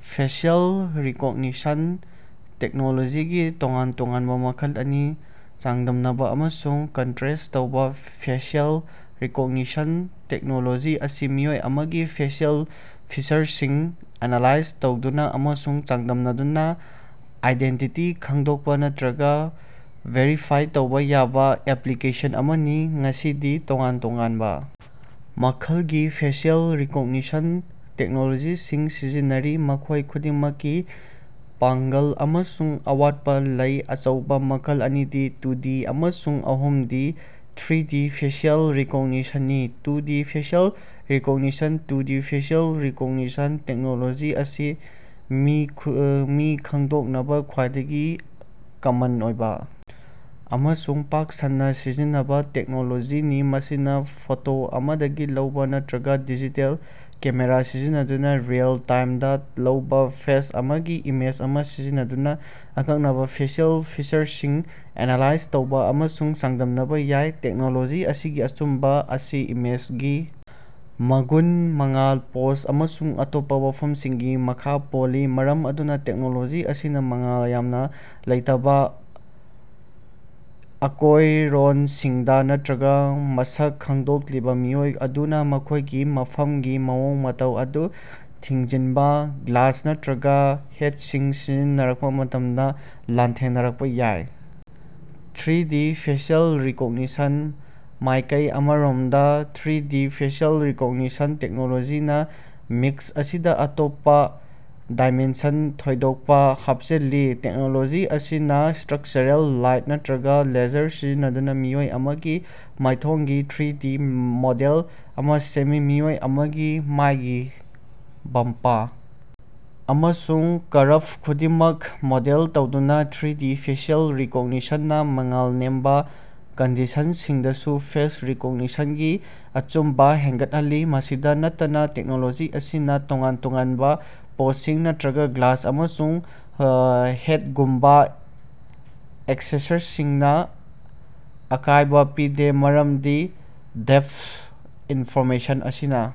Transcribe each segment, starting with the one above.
Facial recognition ꯇꯦꯛꯅꯣꯂꯣꯖꯤꯒꯤ ꯇꯣꯉꯥꯟ-ꯇꯣꯉꯥꯟꯕ ꯃꯈꯜ ꯑꯅꯤ ꯆꯥꯡꯗꯝꯅꯕ ꯑꯃꯁꯨꯡ ꯀꯟꯇ꯭ꯔꯦꯁ ꯇꯧꯕ꯫ ꯐꯦꯁꯤꯑꯦꯜ ꯔꯤꯀꯣꯒꯅꯤꯁꯟ ꯇꯦꯛꯅꯣꯂꯣꯖꯤ ꯑꯁꯤ ꯃꯤꯑꯣꯏ ꯑꯃꯒꯤ ꯐꯦꯁꯤꯑꯦꯜ ꯐꯤꯆꯔꯁꯤꯡ ꯑꯦꯅꯥꯂꯥꯏꯖ ꯇꯧꯗꯨꯅ ꯑꯃꯁꯨꯡ ꯆꯥꯡꯗꯝꯅꯗꯨꯅ ꯑꯥꯏꯗꯦꯟꯇꯤꯇꯤ ꯈꯪꯗꯣꯛꯄ ꯅꯠꯇ꯭ꯔꯒ ꯚꯦꯔꯤꯐꯥꯏ ꯇꯧꯕ ꯌꯥꯕ ꯑꯦꯄ꯭ꯂꯤꯀꯦꯁꯟ ꯑꯃꯅꯤ꯫ ꯉꯁꯤꯗꯤ ꯇꯣꯉꯥꯟ ꯇꯣꯉꯥꯟꯕ ꯃꯈꯜꯒꯤ ꯐꯦꯁꯤꯑꯦꯜ ꯔꯤꯀꯣꯒꯅꯤꯁꯟ ꯇꯦꯛꯅꯣꯂꯣꯖꯤꯁꯤꯡ ꯁꯤꯖꯤꯟꯅꯔꯤ, ꯃꯈꯣꯏ ꯈꯨꯗꯤꯡꯃꯛꯀꯤ ꯄꯥꯡꯒꯜ ꯑꯃꯁꯨꯡ ꯑꯋꯥꯠꯄ ꯂꯩ꯫ ꯑꯆꯧꯕ ꯃꯈꯜ ꯑꯅꯤꯗꯤ ꯇꯨꯗꯤ ꯑꯃꯁꯨꯡ ꯑꯍꯨꯝꯗꯤ ꯊ꯭ꯔꯤꯗꯤ ꯐꯦꯁꯤꯑꯦꯜ ꯔꯤꯀꯣꯒꯅꯤꯁꯟꯅꯤ꯫ Two D facial recognition: two D facial recognition technology ꯑꯁꯤ ꯃꯤ ꯈꯪꯗꯣꯛꯅꯕ ꯈ꯭ꯋꯥꯏꯗꯒꯤ ꯀꯃꯟ ꯑꯣꯏꯕ ꯑꯃꯁꯨꯡ ꯄꯥꯛ ꯁꯟꯅ ꯁꯤꯖꯤꯟꯅꯕ ꯇꯦꯛꯅꯣꯂꯣꯖꯤꯅꯤ꯫ ꯃꯁꯤꯅ ꯐꯣꯇꯣ ꯑꯃꯗꯒꯤ ꯂꯧꯕ ꯅꯠꯇ꯭ꯔꯒ ꯗꯤꯖꯤꯇꯦꯜ ꯀꯦꯃꯦꯔꯥ ꯁꯤꯖꯤꯟꯅꯗꯨꯅ ꯔꯤꯑꯦꯜ-ꯇꯥꯏꯝꯗ ꯂꯧꯕ ꯐꯦꯁ ꯑꯃꯒꯤ ꯏꯃꯦꯖ ꯑꯃ ꯁꯤꯖꯤꯟꯅꯗꯨꯅ ꯑꯀꯛꯅꯕ ꯐꯦꯁꯤꯑꯦꯜ ꯐꯤꯆꯔꯁꯤꯡ ꯑꯦꯅꯥꯂꯥꯏꯖ ꯇꯧꯕ ꯑꯃꯁꯨꯡ ꯆꯥꯡꯗꯝꯅꯕ ꯌꯥꯏ꯫ ꯇꯦꯛꯅꯣꯂꯣꯖꯤ ꯑꯁꯤꯒꯤ ꯑꯆꯨꯝꯕ ꯑꯁꯤ ꯏꯃꯦꯖꯒꯤ ꯃꯒꯨꯟ, ꯃꯉꯥꯜ, ꯄꯣꯖ ꯑꯃꯁꯨꯡ ꯑꯇꯣꯞꯄꯥ ꯋꯥꯐꯝꯁꯤꯡꯒꯤ ꯃꯈ ꯄꯣꯜꯂꯤ꯫ ꯃꯔꯝ ꯑꯗꯨꯅ ꯇꯦꯛꯅꯣꯂꯣꯖꯤ ꯑꯁꯤꯅ ꯃꯉꯥꯜ ꯌꯥꯝꯅ ꯂꯩꯇꯕ ꯑꯀꯣꯏꯔꯣꯟꯁꯤꯡꯗ, ꯅꯠꯇ꯭ꯔꯒ ꯃꯁꯛ ꯈꯪꯗꯣꯛꯂꯤꯕ ꯃꯤꯑꯣꯏ ꯑꯗꯨꯅꯥ ꯃꯈꯣꯏꯒꯤ ꯃꯐꯝꯒꯤ ꯃꯑꯣꯡ-ꯃꯇꯧ ꯑꯗꯨ ꯊꯤꯡꯖꯤꯟꯕ ꯒ꯭ꯂꯥꯁ ꯅꯠꯇ꯭ꯔꯒ ꯍꯦꯠꯁꯤꯡ ꯁꯤꯖꯤꯟꯅꯔꯛꯄ ꯃꯇꯝꯗ ꯂꯥꯟꯊꯦꯡꯅꯔꯛꯄ ꯌꯥꯏ꯫ ꯊ꯭ꯔꯤꯗꯤ ꯐꯦꯁꯤꯑꯦꯜ ꯔꯤꯀꯣꯒꯅꯤꯁꯟ: ꯃꯥꯏꯀꯩ ꯑꯃꯔꯣꯝꯗ ꯊ꯭ꯔꯤꯗꯤ ꯐꯦꯁꯤꯑꯦꯜ ꯔꯤꯀꯣꯒꯅꯤꯁꯟ ꯇꯦꯛꯅꯣꯂꯣꯖꯤꯅ ꯃꯤꯛꯁ ꯑꯁꯤꯗ ꯑꯇꯣꯞꯄ ꯗꯥꯏꯃꯦꯟꯁꯟ ꯊꯣꯏꯗꯣꯛꯄ ꯍꯥꯞꯆꯤꯜꯂꯤ꯫ ꯇꯦꯛꯅꯣꯂꯣꯖꯤ ꯑꯁꯤꯅ ꯁ꯭ꯇꯔꯛꯆꯔꯦꯜ ꯂꯥꯏꯠ ꯅꯠꯇ꯭ꯔꯒ ꯂꯦꯖꯔ ꯁꯤꯖꯤꯟꯅꯗꯨꯅ ꯃꯤꯑꯣꯏ ꯑꯃꯒꯤ ꯃꯥꯏꯊꯣꯡꯒꯤ ꯊ꯭ꯔꯤꯗꯤ ꯃꯣꯗꯦꯜ ꯑꯃ ꯁꯦꯝꯃꯤ꯫ ꯃꯤꯑꯣꯏ ꯑꯃꯒꯤ ꯃꯥꯏꯒꯤ ꯕꯝꯄ ꯑꯃꯁꯨꯡ ꯀꯔꯕ ꯈꯨꯗꯤꯡꯃꯛ ꯃꯣꯗꯦꯜ ꯇꯧꯗꯨꯅ ꯊ꯭ꯔꯤꯗꯤ ꯐꯦꯁꯤꯑꯦꯜ ꯔꯤꯀꯣꯒꯅꯤꯁꯟꯅ ꯃꯉꯥꯜ ꯅꯦꯝꯕ ꯀꯟꯗꯤꯁꯟꯁꯤꯡꯗꯁꯨ ꯐꯦꯁ ꯔꯤꯀꯣꯒꯅꯤꯁꯟꯒꯤ ꯑꯆꯨꯝꯕ ꯍꯦꯟꯒꯠꯍꯜꯂꯤ꯫ ꯃꯁꯤꯗ ꯅꯠꯇꯅ, ꯇꯦꯛꯅꯣꯂꯣꯖꯤ ꯑꯁꯤꯅ ꯇꯣꯉꯥꯟ ꯇꯣꯉꯥꯟꯕ ꯄꯣꯖꯁꯤꯡ ꯅꯠꯇ꯭ꯔꯒ ꯒ꯭ꯂꯥꯁ ꯑꯃꯁꯨꯡ ꯍꯦꯠꯒꯨꯝꯕ ꯑꯦꯛꯁꯦꯁꯔꯤꯖꯁꯤꯡꯅ ꯑꯀꯥꯏꯕ ꯄꯤꯗꯦ ꯃꯔꯝꯗꯤ ꯗꯦꯞꯊ ꯏꯅꯐꯣꯔꯃꯦꯁꯟ ꯑꯁꯤꯅ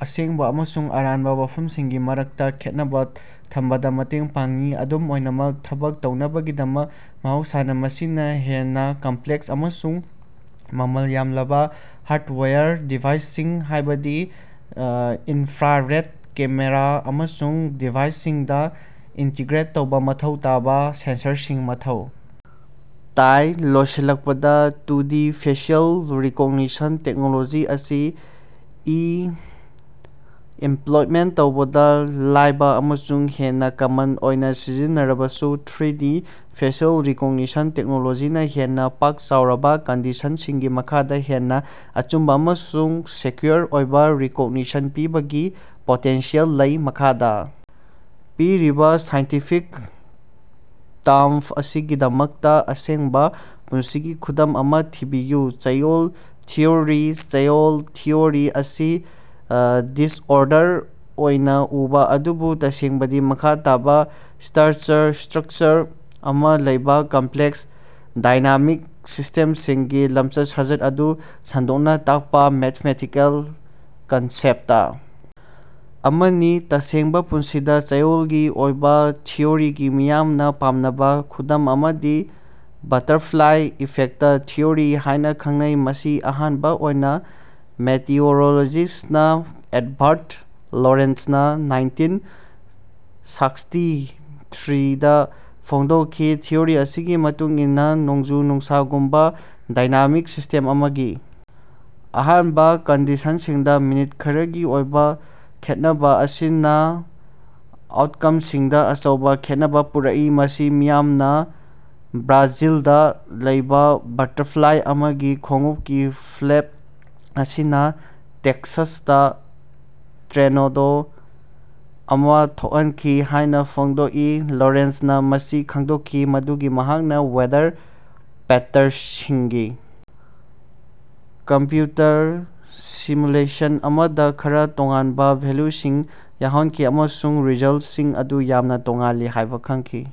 ꯑꯁꯦꯡꯕ ꯑꯃꯁꯨꯡ ꯑꯔꯥꯟꯕ ꯋꯥꯐꯝꯁꯤꯡꯒꯤ ꯃꯔꯛꯇ ꯈꯦꯠꯅꯕ ꯊꯝꯕꯗ ꯃꯇꯦꯡ ꯄꯥꯡꯏ꯫ ꯑꯗꯨꯝ ꯑꯣꯏꯅꯃꯛ, ꯊꯕꯛ ꯇꯧꯅꯕꯒꯤꯗꯃꯛ, ꯃꯍꯧꯁꯥꯅ ꯃꯁꯤꯅ ꯍꯦꯟꯅ ꯀꯝꯄ꯭ꯂꯦꯛꯁ ꯑꯃꯁꯨꯡ ꯃꯃꯜ ꯌꯥꯝꯂꯕ ꯍꯥꯔꯗꯋꯥꯌꯔ ꯗꯤꯚꯥꯏꯁꯁꯤꯡ ꯍꯥꯏꯕꯗꯤ ꯏꯟꯐ꯭ꯔꯥꯔꯦꯗ ꯀꯦꯃꯦꯔꯥ ꯑꯃꯁꯨꯡ ꯗꯤꯚꯥꯏꯁꯁꯤꯡꯗ ꯏꯟꯇꯤꯒ꯭ꯔꯦꯠ ꯇꯧꯕ ꯃꯊꯧ ꯇꯥꯕ ꯁꯦꯟꯁꯔꯁꯤꯡ ꯃꯊꯧ ꯇꯥꯏ꯫ ꯂꯣꯏꯁꯤꯜꯂꯛꯄꯗ ꯇꯨꯗꯤ ꯐꯦꯁꯤꯑꯦꯜ ꯔꯤꯀꯣꯒꯅꯤꯁꯟ ꯇꯦꯛꯅꯣꯂꯣꯖꯤ ꯑꯁꯤ ꯏ, ꯝꯄ꯭ꯂꯤꯃꯦꯟꯇ ꯇꯧꯕꯗ ꯂꯥꯏꯕ ꯑꯃꯁꯨꯡ ꯍꯦꯟꯅ ꯀꯃꯟ ꯑꯣꯏꯅ ꯁꯤꯖꯤꯟꯅꯔꯕꯁꯨ, ꯊ꯭ꯔꯤꯗꯤ ꯐꯦꯁꯤꯑꯦꯜ ꯔꯤꯀꯣꯒꯅꯤꯁꯟ ꯇꯦꯛꯅꯣꯂꯣꯖꯤꯅ ꯍꯦꯟꯅ ꯄꯥꯛ-ꯆꯥꯎꯔꯕ ꯀꯟꯗꯤꯁꯟꯁꯤꯡꯒꯤ ꯃꯈꯥꯗ ꯍꯦꯟꯅ ꯑꯆꯨꯝꯕ ꯑꯃꯁꯨꯡ ꯁꯦꯀ꯭ꯌꯨꯔ ꯑꯣꯏꯕ ꯔꯤꯀꯣꯒꯅꯤꯁꯟ ꯄꯤꯕꯒꯤ ꯄꯣꯇꯦꯟꯁꯤꯌꯦꯜ ꯂꯩ꯫ ꯃꯈꯥꯗ ꯄꯤꯔꯤꯕ ꯁꯥꯏꯟꯇꯤꯐꯤꯛ ꯇꯔꯝ ꯑꯁꯤꯒꯤꯗꯃꯛꯇ ꯇꯁꯦꯡꯕ ꯄꯨꯟꯁꯤꯒꯤ ꯈꯨꯗꯝ ꯑꯃ ꯊꯤꯕꯤꯌꯨ꯫ ꯆꯌꯣꯜ ꯊꯤꯑꯣꯔꯤ꯫ ꯆꯌꯣꯜ ꯊꯤꯑꯣꯔꯤ ꯑꯁꯤ ꯗꯤꯁꯑꯣꯔꯗꯔ ꯑꯣꯏꯅ ꯎꯕ, ꯑꯗꯨꯕꯨ ꯇꯁꯦꯡꯕꯗꯤ ꯃꯈꯥ ꯇꯥꯕ ꯁ꯭ꯇꯔꯛꯆꯔ ꯑꯃ ꯂꯩꯕ ꯀꯝꯄ꯭ꯂꯦꯛꯁ, ꯗꯥꯏꯅꯥꯃꯤꯛ ꯁꯤꯁꯇꯦꯝꯁꯤꯡꯒꯤ ꯂꯝꯆꯠ-ꯁꯥꯖꯠ ꯑꯗꯨ ꯁꯟꯗꯣꯛꯅ ꯇꯥꯛꯄ ꯃꯦꯊꯃꯦꯇꯤꯀꯦꯜ ꯀꯟꯁꯦꯞꯇ ꯑꯃꯅꯤ꯫ ꯇꯁꯦꯡꯕ ꯄꯨꯟꯁꯤꯗ ꯆꯌꯣꯜꯒꯤ ꯑꯣꯏꯕ ꯊꯤꯑꯣꯔꯤꯒꯤ ꯃꯤꯌꯥꯝꯅ ꯄꯥꯝꯅꯕ ꯈꯨꯗꯝ ꯑꯃꯗꯤ "ꯕꯇꯔꯐ꯭ꯂꯥꯏ ꯏꯐꯦꯛꯇ" ꯊꯤꯑꯣꯔꯤ ꯍꯥꯏꯅ ꯈꯪꯅꯩ, ꯃꯁꯤ ꯑꯍꯥꯟꯕ ꯑꯣꯏꯅ ꯃꯦꯇꯤꯑꯣꯔꯣꯂꯣꯖꯤꯁ꯭ꯠ ꯑꯦꯗꯕꯥꯔꯗ ꯂꯣꯔꯦꯟꯖꯅ ꯅꯥꯏꯟꯇꯤꯟ ꯁꯥꯛꯁꯇꯤ ꯊ꯭ꯔꯤꯗ ꯐꯣꯡꯗꯣꯛꯈꯤ, ꯊꯤꯑꯣꯔꯤ ꯑꯁꯤꯒꯤ ꯃꯇꯨꯡ ꯏꯟꯅ, ꯅꯣꯡꯖꯨ-ꯅꯨꯡꯁꯥꯒꯨꯝꯕ ꯗꯥꯏꯅꯥꯃꯤꯛ ꯁꯤꯁ꯭ꯇꯦꯝ ꯑꯃꯒꯤ ꯑꯍꯥꯟꯕ ꯀꯟꯗꯤꯁꯟꯁꯤꯡꯗ ꯃꯤꯅꯤꯠ ꯈꯔꯒꯤ ꯑꯣꯏꯕ ꯈꯦꯠꯅꯕ ꯑꯁꯤꯅ ꯑꯥꯎꯠꯀꯝꯁꯤꯡꯗ ꯑꯆꯧꯕ ꯈꯦꯠꯅꯕ ꯄꯨꯔꯛꯏ꯫ ꯃꯁꯤ ꯃꯤꯌꯥꯝꯅ ꯕ꯭ꯔꯥꯖꯤꯜꯗ ꯂꯩꯕ ꯕꯇꯔꯐ꯭ꯂꯥꯏ ꯑꯃꯒꯤ ꯈꯣꯡꯎꯞꯀꯤ ꯐ꯭ꯂꯦꯞ ꯑꯁꯤꯅ ꯇꯦꯛꯁꯥꯁꯇ ꯇꯔꯅꯦꯗꯣ ꯑꯃ ꯊꯣꯛꯍꯟꯈꯤ ꯍꯥꯏꯅ ꯐꯣꯡꯗꯣꯛꯏ꯫ ꯂꯣꯔꯦꯟꯖꯅ ꯃꯁꯤ ꯈꯪꯗꯣꯛꯈꯤ ꯃꯗꯨꯗꯤ ꯃꯍꯥꯛꯅ ꯋꯦꯗꯔ ꯄꯦꯇꯔꯟꯁꯤꯡꯒꯤ ꯀꯝꯄ꯭ꯌꯨꯇꯔ ꯁꯤꯃꯨꯂꯦꯁꯟ ꯑꯃꯗ ꯈꯔ ꯇꯣꯉꯥꯟꯕ ꯚꯦꯂ꯭ꯌꯨꯁꯤꯡ ꯌꯥꯎꯍꯟꯈꯤ ꯑꯃꯁꯨꯡ ꯔꯤꯖꯜꯇꯁꯤꯡ ꯑꯗꯨ ꯌꯥꯝꯅ ꯇꯣꯉꯥꯜꯂꯤ ꯍꯥꯏꯕ ꯈꯪꯈꯤ꯫